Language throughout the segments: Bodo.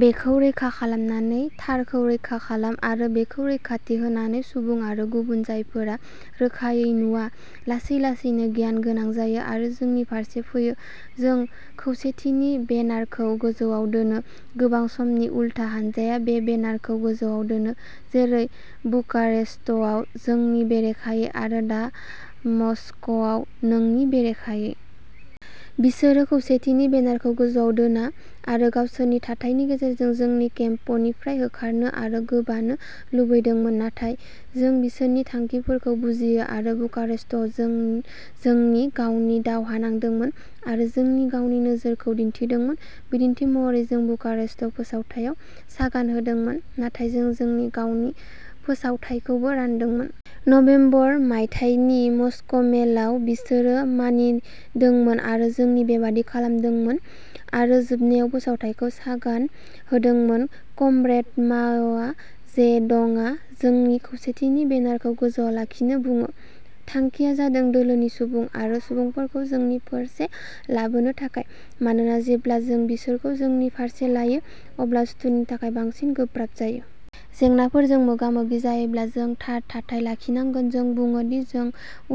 बेखौ रैखा खालामनानै थारखौ रैखा खालाम आरो बेखौ रैखाथि होनानै सुबुं आरो गुबुन जायफोरा रोखायै नुवा, लासै लासैनो गियानगोनां जायो आरो जोंनि फारसे फैयो। जों खौसेथिनि बेनारखौ गोजौआव दोनो। गोबां समावनो उल्था हानजाया बे बेनारखौ गोजौआव दोना, जेरै बुखारेस्टआव जोंनि बेरेखायै आरो दा मस्क'आव नोंनि बेरेखायै। बिसोरो खौसेथिनि बेनारखौ गोजौआव दोना आरो गावसोरनि थाथायनि गेजेरजों जोंखौ केम्पनिफ्राय होखारनो आरो गोबानो लुबैदोंमोन। नाथाय जों बिसोरनि थांखिफोरखौ बुजियो आरो बुखारेस्टआव जों जोंनि गावनि दावहा नांदोंमोन आरो जोंनि गावनि नोजोरखौ दिन्थिदोंमोन। बिदिन्थि महरै, जों बुखारेस्ट फोसावथायाव सागान होदोंमोन, नाथाय जों जोंनि गावनि फोसावथाइखौबो रानदोंमोन। नबेम्बर मायथाइनि मस्क'मेलाव, बिसोरो मानिदोंमोन आरो जोंबो बेबादि खालामदोंमोन आरो जोबनायाव, फोसावथाइखौ सागान होदोंमोन। कमरेड माओ जेडंआ जोंनो खौसेथिनि बेनारखौ गोजौआव लाखिनो बुङो। थांखिया जादों दोलोनि सुबुं आरो सुबुंफोरखौ जोंनि फारसे लाबोनो थाखाय, मानोना जेब्ला जों बिसोरखौ जोंनि फारसे लायो, अब्ला सुथुरनि थाखाय बांसिन गोब्राब जायो। जेंनाफोरजों मोगा-मोगि जायोब्ला जों थार थाथाय लाखिनांगोन। जों बुङो दि जों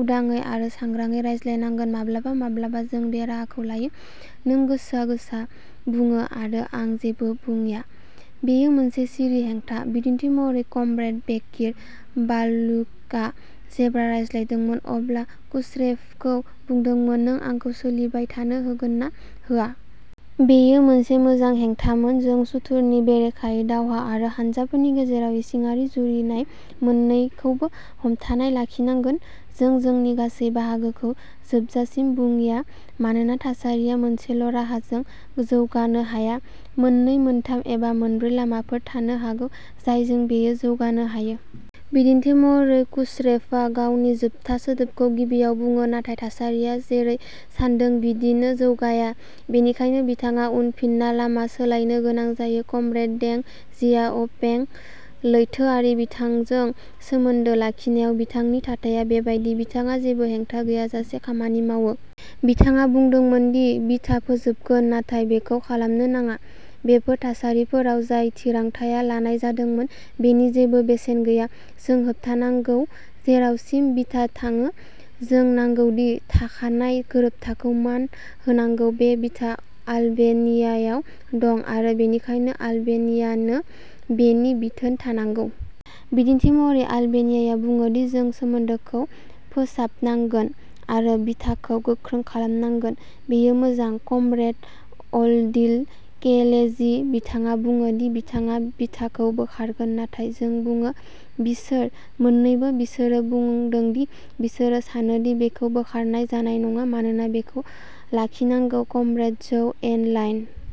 उदाङै आरो सांग्राङै रायज्लायनांगोन। माब्लाबा माब्लाबा जों बे राहाखौ लायोः नों गोसा-गोसा बुङो, आरो आं जेबो बुंया। बेयो मोनसे सिरि हेंथा। बिदिन्थि महरै, कमरेड बेकिर बाल्लुकुआ जेब्ला रायज्लायदोंमोन, अब्ला क्रुश्चेभखौ बुंदोंमोन, "नों आंखौ सोलिबाय थानो होगोन ना होआ?" बेयो मोनसे मोजां हेंथामोन। जों सुथुरनि बेरेखायै दावहा आरो हानजाफोरनि गेजेराव इसिङारि जुजिनाय मोन्नैखौबो हमथाना लाखिनांगोन। जों जोंनि गासै बाहागोखौ जोबजासिम बुंया, मानोना थासारिया मोनसेल'राहाजों जौगानो हाया। मोननै, मोनथाम, एबा मोनब्रै लामाफोर थानो हागौ जायजों बेयो जौगानो हायो। बिदिन्थि महरै, क्रुश्चेभआ गावनि जोबथा सोदोबखौ गिबियाव बुङो, नाथाय थासारिया जेरै सान्दों बिदिनो जौगाया, बेनिखायनो बिथाङा उनफिनना लामा सोलायनो गोनां जायो। कमरेड दें जियाओपिंः लैथोआरि बिथाजों सोमोन्दो लाखिनायाव बिथांनि थाथाया बेबायदि। बिथाङा जेबो हेंथा गैयाजासे खामानि मावो। बिथाङा बुंदोंमोन दि बिथा फोजोबगोन, नाथाय बेखौ खालामनो नाङा। बेफोर थासारिफोराव जाय थिरांथाया लानाय जादोंमोन, बेनि जेबो बेसेन गैया। जों होबथानांगौ। जेरावसिम बिथा थाङो, जों नांगौ दि थाखानाय गोरोबथाखौ मान होनांगौ। बे बिथा आलबेनियायाव दं, आरो बेनिखायनो आलबेनियानो बेनि बिथोन थानांगौ। बिदिन्थि महरै, आलबेनियाया बुङो दि जों सोमोन्दोखौ फोसाबनांगोन आरो बिथाखौ गोख्रों खालामनांगौ। बेयो मोजां। कमरेड अब्दिल केलेजीः बिथाङा बुङो दि बिथाङा बिथाखौ बोखारगोन, नाथाय जों बुङो। बिसोर मोन्नैबोः बिसोरो बुंदों दि बिसोरो सानो दि बेखौ बोखारनाय जानाय नङा, मानोना बेखौ लाखिनांगौ। Comrade झौ Enlai